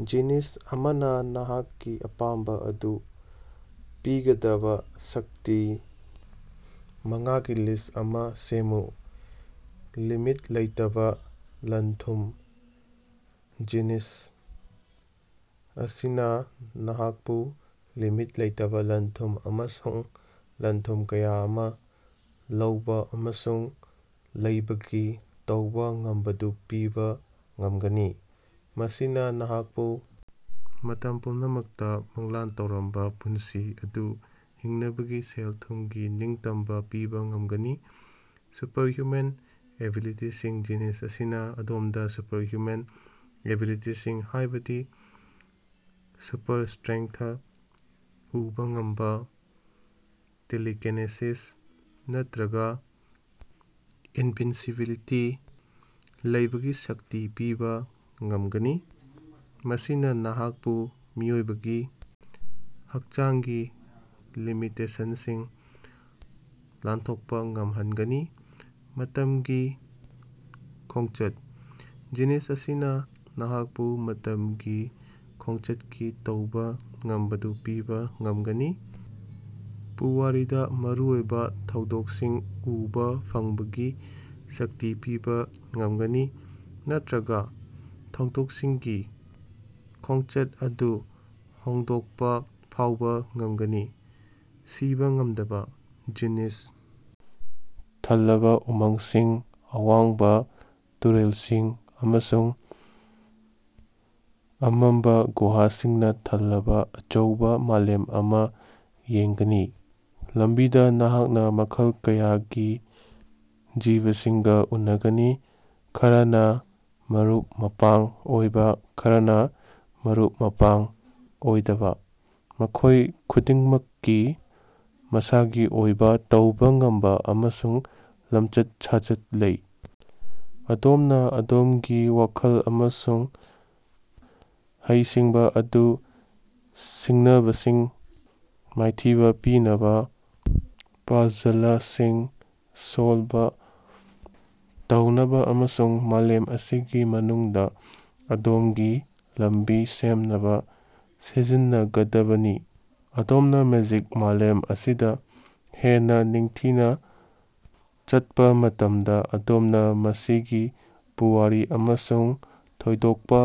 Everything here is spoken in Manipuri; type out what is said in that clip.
ꯖꯤꯅꯤꯁ ꯑꯃꯅ ꯅꯍꯥꯛꯀꯤ ꯑꯄꯥꯝꯕ ꯑꯗꯨ ꯄꯤꯒꯗꯕ ꯁꯛꯇꯤ ꯃꯉꯥꯒꯤ ꯂꯤꯁ꯭ꯠ ꯑꯃ ꯁꯦꯝꯃꯨ꯫ ꯂꯤꯃꯤꯠ ꯂꯩꯇꯕ ꯂꯟ-ꯊꯨꯝ: ꯖꯤꯅꯤꯁ ꯑꯁꯤꯅ ꯅꯍꯥꯛꯄꯨ ꯂꯤꯃꯤꯠ ꯂꯩꯇꯕ ꯂꯟ-ꯊꯨꯝ ꯑꯃꯁꯨꯡ ꯂꯟ-ꯊꯨꯝ ꯀꯌꯥ ꯑꯃ ꯂꯧꯕ ꯑꯃꯁꯨꯡ ꯂꯩꯕꯒꯤ ꯇꯧꯕ ꯉꯝꯕꯗꯨ ꯄꯤꯕ ꯉꯝꯒꯅꯤ꯫ ꯃꯁꯤꯅ ꯅꯍꯥꯛꯄꯨ ꯃꯇꯝ ꯄꯨꯝꯅꯃꯛꯇ ꯃꯪꯂꯥꯟ ꯇꯧꯔꯝꯕ ꯄꯨꯟꯁꯤ ꯑꯗꯨ ꯍꯤꯡꯅꯕꯒꯤ ꯁꯦꯜ-ꯊꯨꯝꯒꯤ ꯅꯤꯡꯇꯝꯕ ꯄꯤꯕ ꯉꯝꯒꯅꯤ꯫ ꯁꯨꯄꯔꯍꯌ꯭ꯨꯃꯦꯟ ꯑꯦꯕꯤꯂꯤꯇꯤꯁꯤꯡ ꯖꯤꯅꯤꯁ ꯑꯁꯤꯅ ꯑꯗꯣꯝꯗ ꯁꯨꯄꯔꯍ꯭ꯌꯨꯃꯦꯟ ꯑꯦꯕꯤꯂꯤꯇꯤꯁꯤꯡ ꯍꯥꯏꯕꯗꯤ ꯁꯨꯄꯔ ꯁ꯭ꯇꯔꯦꯡꯊ, ꯎꯕ ꯉꯝꯕ, ꯇꯦꯂꯤꯀꯤꯅꯦꯁꯤꯁ ꯅꯠꯇ꯭ꯔꯒ ꯏꯅꯚꯤꯟꯁꯤꯕꯤꯂꯤꯇꯤ ꯂꯩꯕꯒꯤ ꯁꯛꯇꯤ ꯄꯤꯕ ꯉꯝꯒꯅꯤ꯫ ꯃꯁꯤꯅ ꯅꯍꯥꯛꯄꯨ ꯃꯤꯑꯣꯏꯕꯒꯤ ꯍꯛꯆꯥꯡꯒꯤ ꯂꯤꯃꯤꯇꯦꯁꯟꯁꯤꯡ ꯂꯥꯟꯊꯣꯛꯄ ꯉꯝꯍꯟꯒꯅꯤ꯫ ꯃꯇꯝꯒꯤ ꯈꯣꯡꯆꯠ: ꯖꯤꯅꯤꯁ ꯑꯁꯤꯅ ꯅꯍꯥꯛꯄꯨ ꯃꯇꯝꯒꯤ ꯈꯣꯡꯆꯠꯀꯤ ꯇꯧꯕ ꯉꯝꯕꯗꯨ ꯄꯤꯕꯥ ꯉꯝꯒꯅꯤ꯫ ꯄꯨꯋꯥꯔꯤꯗ ꯃꯔꯨꯑꯣꯏꯕ ꯊꯧꯗꯣꯛꯁꯤꯡ ꯎꯕ ꯐꯪꯕꯒꯤ ꯁꯛꯇꯤ ꯄꯤꯕ ꯉꯝꯒꯅꯤ ꯅꯠꯇ꯭ꯔꯒ ꯊꯧꯗꯣꯛꯁꯤꯡꯒꯤ ꯈꯣꯡꯆꯠ ꯑꯗꯨ ꯍꯣꯡꯗꯣꯛꯄ ꯐꯥꯎꯕ ꯉꯝꯒꯅꯤ꯫ ꯁꯤꯕ ꯉꯝꯗꯕ: ꯖꯤꯅꯤꯁ ꯊꯜꯂꯕ ꯎꯃꯪꯁꯤꯡ, ꯑꯋꯥꯡꯕꯥ ꯇꯨꯔꯦꯜꯁꯤꯡ ꯑꯃꯁꯨꯡ ꯑꯃꯝꯕ ꯒꯨꯍꯥꯁꯤꯡꯅ ꯊꯜꯂꯕ ꯑꯆꯧꯕ ꯃꯥꯂꯦꯝ ꯑꯃ ꯌꯦꯡꯒꯅꯤ꯫ ꯂꯝꯕꯤꯗ ꯅꯍꯥꯛꯅ ꯃꯈꯜ ꯀꯌꯥꯒꯤ ꯖꯤꯕꯁꯤꯡꯒ ꯎꯅꯒꯅꯤ ꯈꯔꯅ ꯃꯔꯨꯞ-ꯃꯄꯥꯡ ꯑꯣꯏꯕ ꯈꯔꯅ ꯃꯔꯨꯞ-ꯃꯄꯥꯡ ꯑꯣꯏꯗꯕ ꯃꯈꯣꯏ ꯈꯨꯗꯤꯡꯃꯛꯀꯤ ꯃꯁꯥꯒꯤ ꯑꯣꯏꯕ ꯇꯧꯕ ꯉꯝꯕ ꯑꯃꯁꯨꯡ ꯂꯝꯆꯠ-ꯁꯥꯖꯠ ꯂꯩ꯫ ꯑꯗꯣꯝꯅ ꯑꯗꯣꯝꯒꯤ ꯋꯥꯈꯜ ꯑꯃꯁꯨꯡ ꯍꯩꯁꯤꯡꯕꯥ ꯑꯗꯨ ꯁꯤꯡꯅꯕꯁꯤꯡ ꯃꯥꯏꯊꯤꯕ ꯄꯤꯅꯕ ꯄꯥꯖꯂꯁꯤꯡ ꯁꯣꯜꯕ ꯇꯧꯅꯕ ꯑꯃꯁꯨꯡ ꯃꯥꯂꯦꯝ ꯑꯁꯤꯒꯤ ꯃꯅꯨꯡꯗ ꯑꯗꯣꯝꯒꯤ ꯂꯝꯕꯤ ꯁꯦꯝꯅꯕ ꯁꯤꯖꯤꯟꯅꯒꯗꯕꯅꯤ꯫ ꯑꯗꯣꯝꯅ ꯃꯦꯖꯤꯛ ꯃꯥꯂꯦꯝ ꯑꯁꯤꯗ ꯍꯦꯟꯅ ꯅꯤꯡꯊꯤꯅ ꯆꯠꯄ ꯃꯇꯝꯗ ꯑꯗꯣꯝꯅ ꯃꯁꯤꯒꯤ ꯄꯨꯋꯥꯔꯤ ꯑꯃꯁꯨꯡ ꯊꯣꯏꯗꯣꯛꯄ